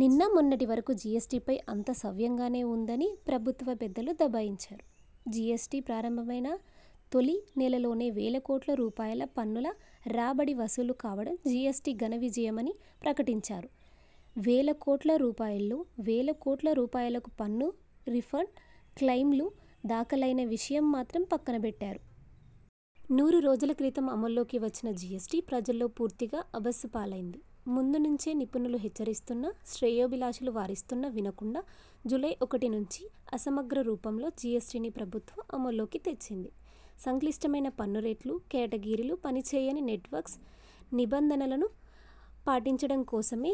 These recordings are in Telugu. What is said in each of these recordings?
నిన్న మొన్నటి వరకు జిఎస్టిపై అంతా సవ్యంగానే ఉందని ప్రభుత్వ పెద్దలు దబాయించారు. జిఎస్టి ప్రారంభమైన తొలి నెలలోనే వేల కోట్ల రూపాయల పన్నుల రాబడి వసూలు కావడం జిఎస్టి ఘనవిజయమని ప్రకటించారు. వేల కోట్ల రూపాయల్లో వేల కోట్ల రూపాయలకు పన్ను రిఫండ్ క్లెయిమ్లు దాఖలైన విషయం మాత్రం పక్కనబెట్టారు. నూరు రోజుల క్రితం అమల్లోకి వచ్చిన జిఎస్టి ప్రజల్లో పూర్తిగా అభాసుపాలైంది. ముందు నుంచే నిపుణులు హెచ్చరిస్తున్నా, శ్రేయోభిలాషులు వారిస్తున్నా వినకుండా, జూలై ఒకటి నుంచి అసమగ్ర రూపంలో జిఎస్టిని ప్రభుత్వం అమల్లోకి తెచ్చింది. సంక్లిష్టమైన పన్ను రేట్లు, కేటగిరీలు, పనిచేయని నెట్వర్క్, నిబంధనలను పాటించడం కోసమే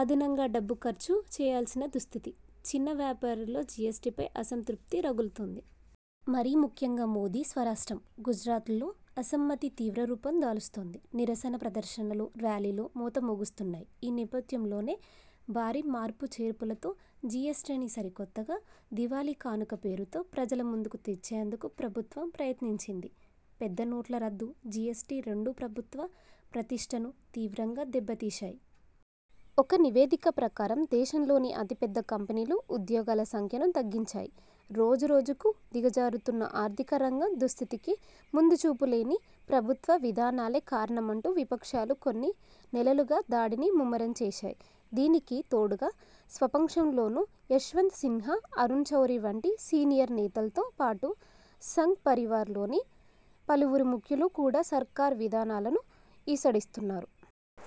అదనంగా డబ్బు ఖర్చు చేయాల్సిన దుస్థితి, చిన్న వ్యాపారుల్లో జిఎస్టిపై అసంతృప్తి రగులుతోంది. మరీ ముఖ్యంగా మోదీ స్వరాష్ట్రం గుజరాత్లో అసమ్మతి తీవ్ర రూపం దాలుస్తోంది. నిరసన ప్రదర్శనలు, ర్యాలీలు మోతమోగిస్తున్నాయి. ఈ నేపథ్యంలోనే, భారీ మార్పు చేర్పులతో జిఎస్టిని సరికొత్తగా, దీపావళి కానుక పేరుతో ప్రజల ముందుకు తెచ్చేందుకు ప్రభుత్వం ప్రయత్నించింది. పెద్ద నోట్ల రద్దు, జిఎస్టి రెండూ ప్రభుత్వ ప్రతిష్ఠను తీవ్రంగా దెబ్బతీశాయి. ఒక నివేదిక ప్రకారం దేశంలోని అతిపెద్ద కంపెనీలు ఉద్యోగుల సంఖ్యను తగ్గించాయి. రోజురోజుకూ దిగజారుతున్న ఆర్థిక రంగం దుస్థితికి ముందుచూపులేని ప్రభుత్వ విధానాలే కారణమంటూ విపక్షాలు కొన్ని నెలలుగా దాడిని ముమ్మరం చేశాయి. దీనికి తోడుగా స్వపక్షంలోనూ యశ్వంత్ సిన్హా, అరుణ్ శౌరి వంటి సీనియర్ నేతలతో పాటు సంఘ్ పరివార్లోని పలువురు ముఖ్యులు కూడా సర్కారు విధానాలను ఈసడిస్తున్నారు.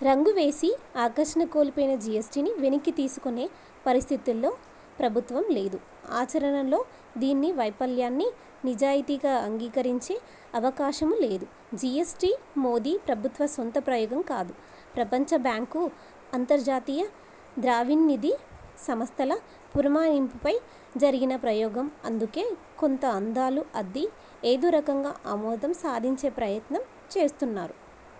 రంగువెలసి, ఆకర్షణ కోల్పోయిన జిఎస్టిని వెనక్కి తీసుకునే పరిస్థితిలో ప్రభుత్వం లేదు. ఆచరణలో దీని వైఫల్యాన్ని నిజాయితీగా అంగీకరించే అవకాశమూ లేదు. జిఎస్టి మోదీ ప్రభుత్వ సొంత ప్రయోగం కాదు. ప్రపంచ బ్యాంకు, అంతర్జాతీయ ద్రవ్యనిధి సంస్థల పురమాయింపుపై జరిగిన ప్రయోగం. అందుకే కొత్త అందాలు అద్ది ఏదోరకంగా ఆమోదం సాధించే ప్రయత్నం చేస్తున్నారు.